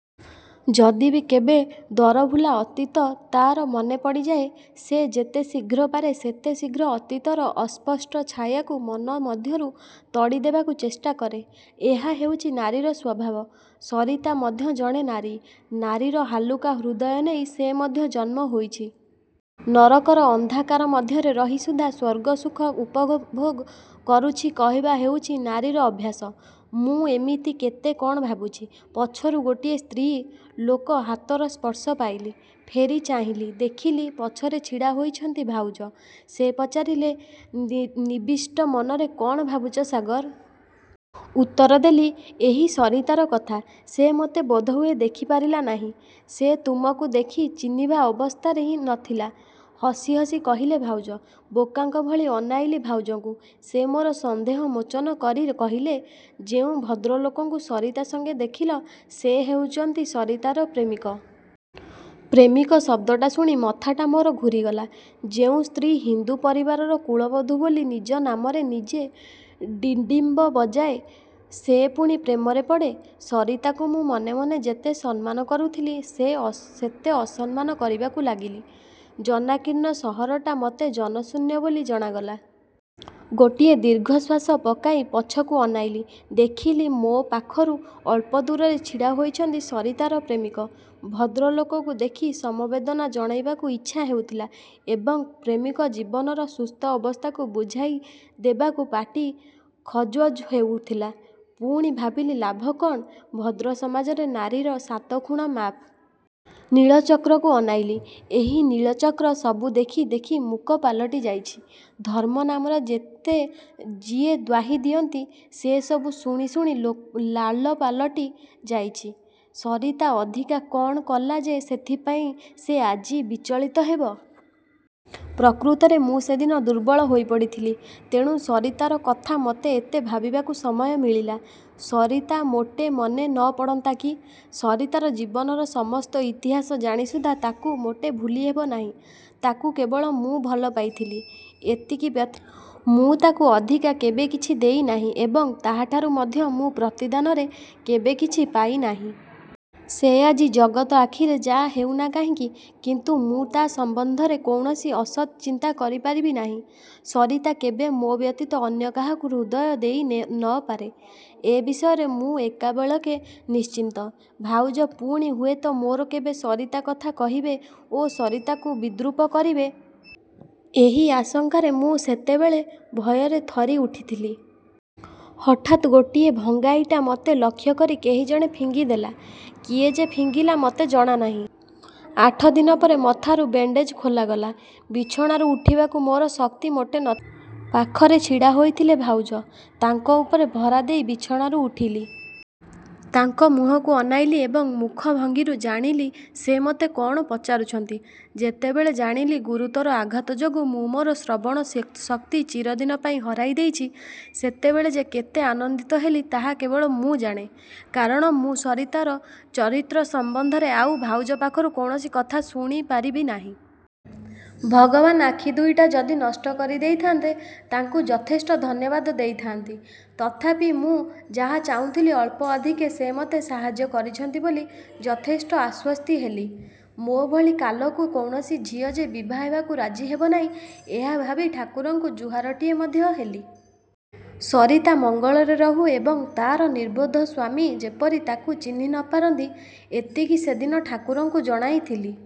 ଯଦି ବି କେବେ ଦରଭୁଲା ଅତୀତ ତା'ର ମନେପଡ଼ିଯାଏ ସେ ଯେତେ ଶୀଘ୍ର ପାରେ ସେତେ ଶୀଘ୍ର ଅତୀତର ଅସ୍ପଷ୍ଟ ଛାୟାକୁ ମନ ମଧ୍ୟରୁ ତଡ଼ି ଦେବାକୁ ଚେଷ୍ଟା କରେ। ଏହା ହେଉଛି ନାରୀର ସ୍ୱଭାବ। ସରିତା ମଧ୍ୟ ଜଣେ ନାରୀ। ନାରୀର ହାଲୁକା ହୃଦୟ ନେଇ ସେ ମଧ୍ୟ ଜନ୍ମ ହୋଇଛି। ନରକର ଅନ୍ଧକାର ମଧ୍ୟରେ ରହି ସୁଦ୍ଧା ସ୍ୱର୍ଗସୁଖ ଉପଭୋଗ କରୁଛି କହିବା ହେଉଛି ନାରୀର ଅଭ୍ୟାସ। ମୁଁ ଏମିତି କେତେ କ'ଣ ଭାବୁଛି। ପଛରୁ ଗୋଟିଏ ସ୍ତ୍ରୀ ଲୋକ ହାତର ସ୍ପର୍ଶ ପାଇଲି। ଫେରି ଚାହିଁଲି। ଦେଖିଲି ପଛରେ ଛିଡ଼ା ହୋଇଛନ୍ତି ଭାଉଜ। ସେ ପଚାରିଲେ, 'ନିବିଷ୍ଟ ମନରେ କ'ଣ ଭାବୁଛ ସାଗର? ' ଉତ୍ତରଦେଲି, ''ଏହି ସରିତାର କଥା। ସେ ମୋତେ ବୋଧହୁଏ ଦେଖି ପାରିଲା ନାହିଁ। '' ''ସେ ତୁମକୁ ଦେଖି ଚିହ୍ନିବା ଅବସ୍ଥାରେ ନ ଥିଲା। '' ହସି ହସି କହିଲେ ଭାଉଜ। ବୋକାଙ୍କଭଳି ଅନାଇଲି ଭାଉଜଙ୍କୁ। ସେ ମୋର ସନ୍ଦେହ ମୋଚନ କରି କହିଲେ, ''ଯେଉଁ ଭଦ୍ରଲୋକଙ୍କୁ ସରିତା ସଙ୍ଗେ ଦେଖିଲ, ସେ ହେଉଛନ୍ତି, ସରିତାର ପ୍ରେମିକ। '' ପ୍ରେମିକ ଶବ୍ଦଟା ଶୁଣି ମଥାଟା ମୋର ଘୂରିଗଲା। ଯେଉଁ ସ୍ତ୍ରୀ ହିନ୍ଦୁ ପରିବାରର କୁଳବଧୂ ବୋଲି ନିଜ ନାମରେ ନିଜେ ଡିଣ୍ଡିମ ବଜାଏ, ସେ ପୁଣି ପ୍ରେମରେ ପଡ଼େ? ସରିତାକୁ ମୁଁ ମନେମନେ ଯେତେ ସମ୍ମାନ କରୁଥିଲି ସେତେ ଅସମ୍ମାନ କରିବାକୁ ଲାଗିଲି। ଜନାକୀର୍ଣ୍ଣ ସହରଟା ମୋତେ ଜନଶୂନ୍ୟ ବୋଲି ଜଣାଗଲା। ଗୋଟିଏ ଦୀର୍ଘଶ୍ୱାସ ପକାଇ ପଛକୁ ଅନାଇଲି। ଦେଖିଲି ମୋ ପାଖରୁ ଅଳ୍ପଦୂରରେ ଛିଡ଼ାହୋଇଛନ୍ତି ସରିତାର ପ୍ରେମିକ-। ଭଦ୍ରଲୋକକୁ ଦେଖି ସମବେଦନା ଜଣାଇବାକୁ ଇଚ୍ଛା ହେଉଥିଲା ଏବଂ ପ୍ରେମିକ ଜୀବନର ସୁସ୍ଥ ଅବସ୍ଥାକୁ ବୁଝାଇ ଦେବାକୁ ପାଟି ଖଜ୍ବଜ୍ ହେଉଥିଲା। ପୁଣି ଭାବିଲି ଲାଭ କ'ଣ? ଭଦ୍ରସମାଜରେ ନାରୀର ସାତଖୁଣ ମାଫ। ନୀଳଚକ୍ରକୁ ଅନାଇଲି। ଏହି ନୀଳଚକ୍ର ସବୁ ଦେଖି ଦେଖି ମୂକ ପାଲଟି ଯାଇଛି। ଧର୍ମ ନାମରେ ଯେତେ ଯିଏ ଦ୍ୱାହି ଦିଅନ୍ତି, ସେ ସବୁ ଶୁଣି ଶୁଣି ଲାଲ ପାଲଟି ଯାଇଛି। ସରିତା ଅଧିକା କ'ଣ କଲା ଯେ ସେଥିପାଇଁ ସେ ଆଜି ବିଚଳିତ ହେବ? ପ୍ରକୃତରେ ମୁଁ ସେଦିନ ଦୁର୍ବଳ ହୋଇପଡ଼ିଥିଲି। ତେଣୁ ସରିତାର କଥା ମୋତେ ଏତେ ଭାବିବାକୁ ସମୟ ମିଳିଲା, ସରିତା ମୋଟେ ମନେ ନ ପଡ଼ନ୍ତା କି? ସରିତାର ଜୀବନର ସମସ୍ତ ଇତିହାସ ଜାଣି ସୁଦ୍ଧା ତାକୁ ମୋଟେ ଭୁଲିହେବ ନାହିଁ। ତାକୁ କେବଳ ମୁଁ ଭଲପାଇଥିଲି, ଏତିକି ବ୍ୟତୀତ ମୁଁ ତାକୁ ଅଧିକା କେବେ କିଛି ଦେଇନାହିଁ ଏବଂ ତାହାଠାରୁ ମଧ୍ୟ ମୁଁ ପ୍ରତିଦାନରେ କେବେ କିଛି ପାଇନାହିଁ। ସେ ଆଜି ଜଗତ ଆଖିରେ ଯାହା ହେଉନା କାହିଁକି, କିନ୍ତୁ ମୁଁ ତା' ସମ୍ବନ୍ଧରେ କୌଣସି ଅସତ୍ ଚିନ୍ତା କରିପାରିବି ନାହିଁ। ସରିତା କେବେ ମୋ ବ୍ୟତୀତ ଅନ୍ୟ କାହାକୁ ହୃଦୟ ଦେଇ ନ ପାରେ। ଏ ବିଷୟରେ ମୁଁ ଏକାବେଳକେ ନିଶ୍ଚିନ୍ତ। ଭାଉଜ ପୁଣି ହୁଏତ ମୋତେ କେବେ ସରିତା କଥା କହିବେ ଓ ସରିତାକୁ ବିଦ୍ରୂପ କରିବେ ଏହି ଆଶଙ୍କାରେ ମୁଁ ସେତେବେଳେ ଭୟରେ ଥରିଉଠିଥିଲି। ହଠାତ୍ ଗୋଟିଏ ଭଙ୍ଗାଇଟା ମୋତେ ଲକ୍ଷ୍ୟକରି କେହିଜଣେ ଫିଙ୍ଗି ଦେଲା। କିଏ ଯେ ଫିଙ୍ଗିଲା ମୋତେ ଜଣାନାହିଁ। ଆଠଦିନ ପରେ ମଥାରୁ ବେଣ୍ଡେଜ୍ ଖୋଲାଗଲା। ବିଛଣାରୁ ଉଠିବାକୁ ମୋର ଶକ୍ତି ମୋଟେ ନ ଥିଲା। ପାଖରେ ଛିଡ଼ା ହୋଇଥିଲେ ଭାଉଜ। ତାଙ୍କ ଉପରେ ଭରା ଦେଇ ବିଛଣାରୁ ଉଠିଲି। ତାଙ୍କ ମୁହଁକୁ ଅନାଇଲି ଏବଂ ମୁଖଭଙ୍ଗୀରୁ ଜାଣିଲି, ସେ ମୋତେ କ'ଣ ପଚାରୁଛନ୍ତି। ଯେତେବେଳେ ଜାଣିଲି ଗୁରୁତର ଆଘାତ ଯୋଗୁଁ ମୁଁ ମୋର ଶ୍ରବଣ ଶକ୍ତି ଚିରଦିନପାଇଁ ହରାଇ ଦେଇଛି, ସେତେବେଳେ ଯେ କେତେ ଆନନ୍ଦିତ ହେଲି ତାହା କେବଳ ମୁଁ ଜାଣେ, କାରଣ ମୁଁ ସରିତାର ଚରିତ୍ର ସମ୍ବନ୍ଧରେ ଆଉ ଭାଉଜ ପାଖରୁ କୌଣସି କଥା ଶୁଣିପାରିବି ନାହିଁ। ଭଗବାନ ଆଖି ଦୁଇଟା ଯଦି ନଷ୍ଟ କରି ଦେଇଥାନ୍ତେ ତାଙ୍କୁ ଯଥେଷ୍ଟ ଧନ୍ୟବାଦ ଦେଇଥାଆନ୍ତି। ତଥାପି ମୁଁ ଯାହା ଚାହୁଁଥିଲି ଅଳ୍ପଅଧିକେ ସେ ମୋତେ ସାହାଯ୍ୟ କରିଛନ୍ତି ବୋଲି ଯଥେଷ୍ଟ ଆଶ୍ୱସ୍ତି ହେଲି। ମୋ ଭଳି କାଲକୁ କୌଣସି ଝିଅ ଯେ ବିଭାହେବାକୁ ରାଜି ହେବନାହିଁ ଏହା ଭାବି ଠାକୁରଙ୍କୁ ଜୁହାରଟିଏ ମଧ୍ୟ ଦେଲି। 'ସରିତା ମଙ୍ଗଳରେ ରହୁ ଏବଂ ତା'ର ନିର୍ବୋଧ ସ୍ୱାମୀ ଯେପରି ତାକୁ ଚିହ୍ନି ନ ପାରନ୍ତି' ଏତିକି ସେଦିନ ଠାକୁରଙ୍କୁ ଜଣାଇଥିଲି।